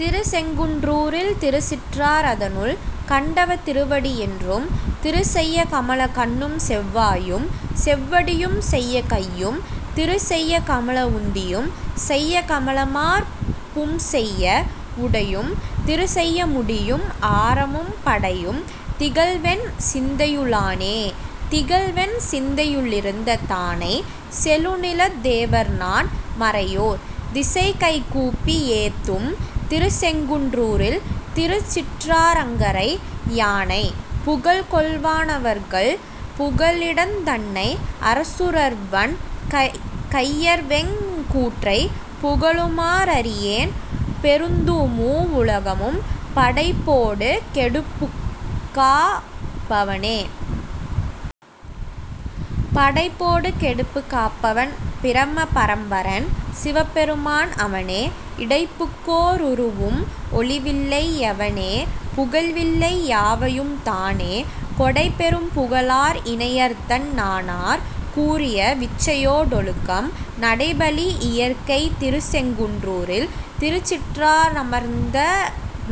திருச்செங்குன் றூரில் திருச்சிற்றா றதனுள் கண்டவத் திருவடி யென்றும், திருச்செய்ய கமலக் கண்ணூம்செவ் வாயும் செவ்வடி யும்செய்ய கையும், திருச்செய்ய கமல வுந்தியும் செய்ய கமலமார் பும்செய்ய வுடையும், திருச்செய்ய முடியும் ஆரமும் படையும் திகழவென் சிந்தையு ளானே.. திகழவென் சிந்தை யுள்ளிருந் தானைச் செழுநிலத் தேவர்நான் மறையோர், திசைகைகூப்பி யேத்தும் திருச்செங்குன் றூரில் திருச்சிற்றா றங்கரை யானை, புகர்கொள்வா னவர்கள் புகலிடந் தன்னை அசுரர்வன் கையர்வெங் கூற்றை, புகழுமா றறியேன் பொருந்துமூ வுலகும் படைப்பொடு கெடுப்புக்காப் பவனே.. படைப்பொடு கெடுப்புக் காப்பவன் பிரம பரம்பரன் சிவபெருமான் அவனே, இடைப்புக்கோ ருருவும் ஒழிவில்லை யவனே புகழ்வில்லை யாவையும் தானே, கொடைப்பெரும் புகழார் இனையர்தன் னானார் கூறிய விச்சையோ டொழுக்கம், நடைப்பலி யியற்கைத் திருச்செங்குன் றூரில் திருச்சிற்றா றமர்ந்த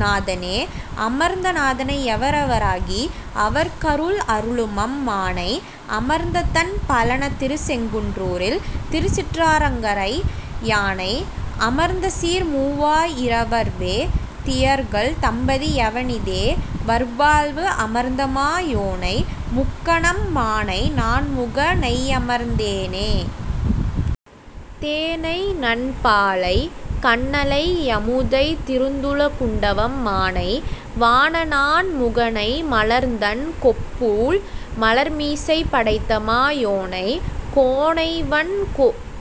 நாதனே.. அமர்ந்த நாதனை யவரவ ராகி அவர்க்கருள் அருளுமம் மானை அமர்ந்ததண் பழனத் திருச்செங்குன் றூரில் திருச்சிற்றாற் றங்கரை யானை, அமர்ந்தசீர் மூவா யிரவர்வே தியர்கள் தம்பதி யவனிதே வர்வாழ்வு, அமர்ந்தமா யோனை முக்கணம் மானை நான்முக னையமர்ந் தேனே. தேனைநன் பாலைக் கன்னலை யமுதைத் திருந்துல குண்டவம் மானை, வானநான் முகனை மலர்ந்தண் கொப்பூழ் மலர்மிசைப் படைத்தமா யோனை, கோனைவண்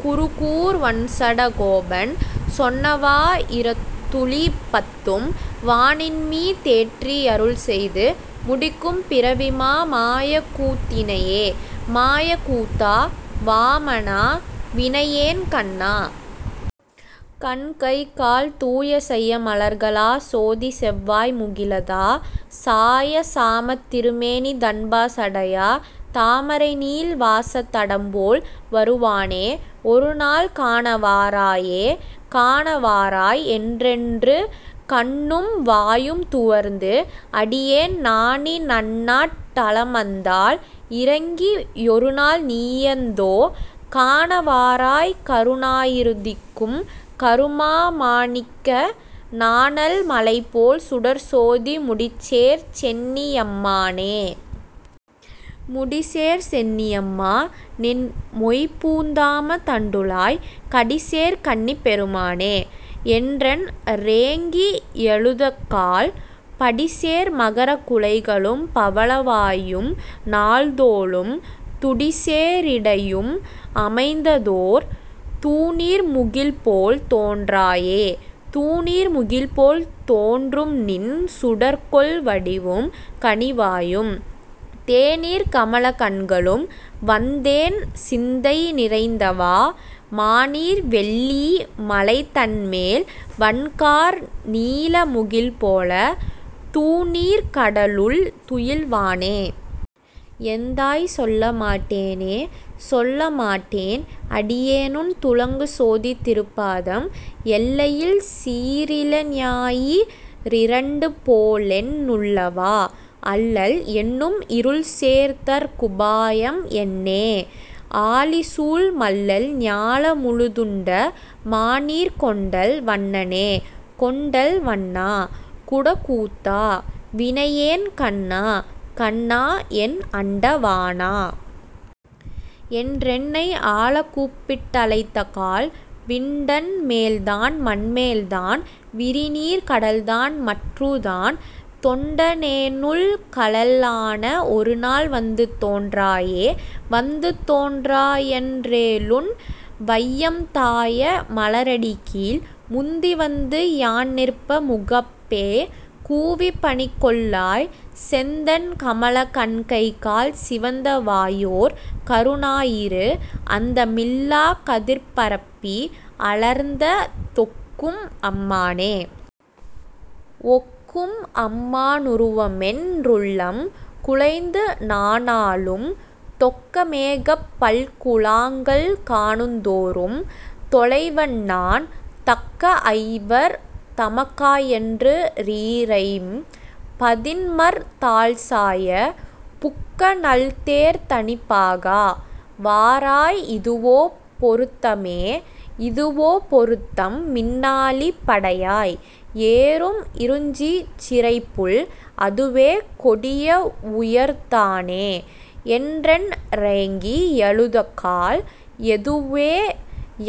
குருகூர்ச் வண்சட கோபன் சொன்னவா யிரத்துளிப் பத்தும், வானின்மீ தேற்றி யருள்செய்து முடிக்கும் பிறவிமா மாயக்கூத் தினையே. மாயக் கூத்தா. வாமனா. வினையேன் கண்ணா. கண்கைகால் தூய செய்ய மலர்களாச் சோதிச் செவ்வாய் முகிழதா, சாயல் சாமத் திருமேனி தண்பா சடையா, தாமரைநீள் வாசத் தடம்போல் வருவானே. ஒருநாள் காண வாராயே.. காண வாராய் என்றென்று கண்ணும் வாயும் துவர்ந்து, அடியேன் நாணி நன்னாட் டலமந்தால் இரங்கி யொருநாள் நீயந்தோ, காண வாராய் கருநாயி றுதிக்கும் கருமா மாணிக்க, நாணல் மலைபோல் சுடர்ச்சோதி முடிசேர் சென்னி யம்மானே.. முடிசேர் சென்னி யம்மா. நின் மொய்பூந் தாமத் தண்டுழாய், கடிசேர் கண்ணிப் பெருமானே. என்றென் றேங்கி யழுதக்கால், படிசேர் மகரக் குழைகளும் பவள வாயும் நால்தோளும், துடிசே ரிடையும் அமைந்ததோர் தூநீர் முகில்போல் தோன்றாயே.. தூநீர் முகில்போல் தோன்றும்நின் சுடர்க்கொள் வடிவும் கனிவாயும், தேநீர்க் கமலக் கண்களும் வந்தென் சிந்தை நிறைந்தவா, மாநீர் வெள்ளீ மலைதன்மேல் வண்கார் நீல முகில்போல, தூநீர்க் கடலுள் துயில்வானே. எந்தாய். சொல்ல மாட்டேனே.. சொல்ல மாட்டேன் அடியேனுன் துளங்கு சோதித் திருப்பாதம், எல்லை யில்சீ ரிளஞாயி றிரண்டு போலென் னுள்ளவா., அல்லல் என்னும் இருள்சேர்தற் குபாயம் என்னே?, ஆழிசூழ் மல்லல் ஞால முழுதுண்ட மாநீர்க் கொண்டல் வண்ணனே.. கொண்டல் வண்ணா. குடக்கூத்தா. வினையேன் கண்ணா. கண்ணா, என் அண்ட வாணா. என்றென்னை ஆளக் கூப்பிட் டழைத்தக்கால், விண்டன் மேல்தான் மண்மேல்தான் விரிநீர்க் கடல்தான் மற்றுத்தான், தொண்ட னேனுள் கழல்லாண ஒருநாள் வந்து தோன்றாயே.. வந்து தோன்றா யன்றேலுன் வையம் தாய மலரடிக்கீழ், முந்தி வந்து யான்நிற்ப முகப்பே கூவிப் பணிகொள்ளாய், செந்தண் கமலக் கண்கைகால் சிவந்த வாயோர் கருநாயிறு, அந்த மில்லாக் கதிர்பரப்பி அலர்ந்த தொக்கும் அம்மானே.. ஒக்கும் அம்மா னுருவமென் றுள்ளம் குழைந்து நாணாளும், தொக்க மேகப் பல்குழாங்கள் காணுந் தோறும் தொலைவன்நான், தக்க ஐவர் தமக்காயன்று றீரைம் பதின்மர் தாள்சாய, புக்க நல்தேர்த் தனிப்பாகா. வாராய் இதுவோ பொருத்தமே?. இதுவோ பொருத்தம் மின்னாழிப் படையாய். ஏறும் இருஞ்சிசிறைப்புள், அதுவே கொடியா வுயர்த்தானே. என்றென் றேங்கி யழுதக்கால், எதுவே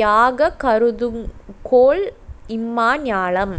யாகக் கருதுங்கொல் இம்மா ஞாலம்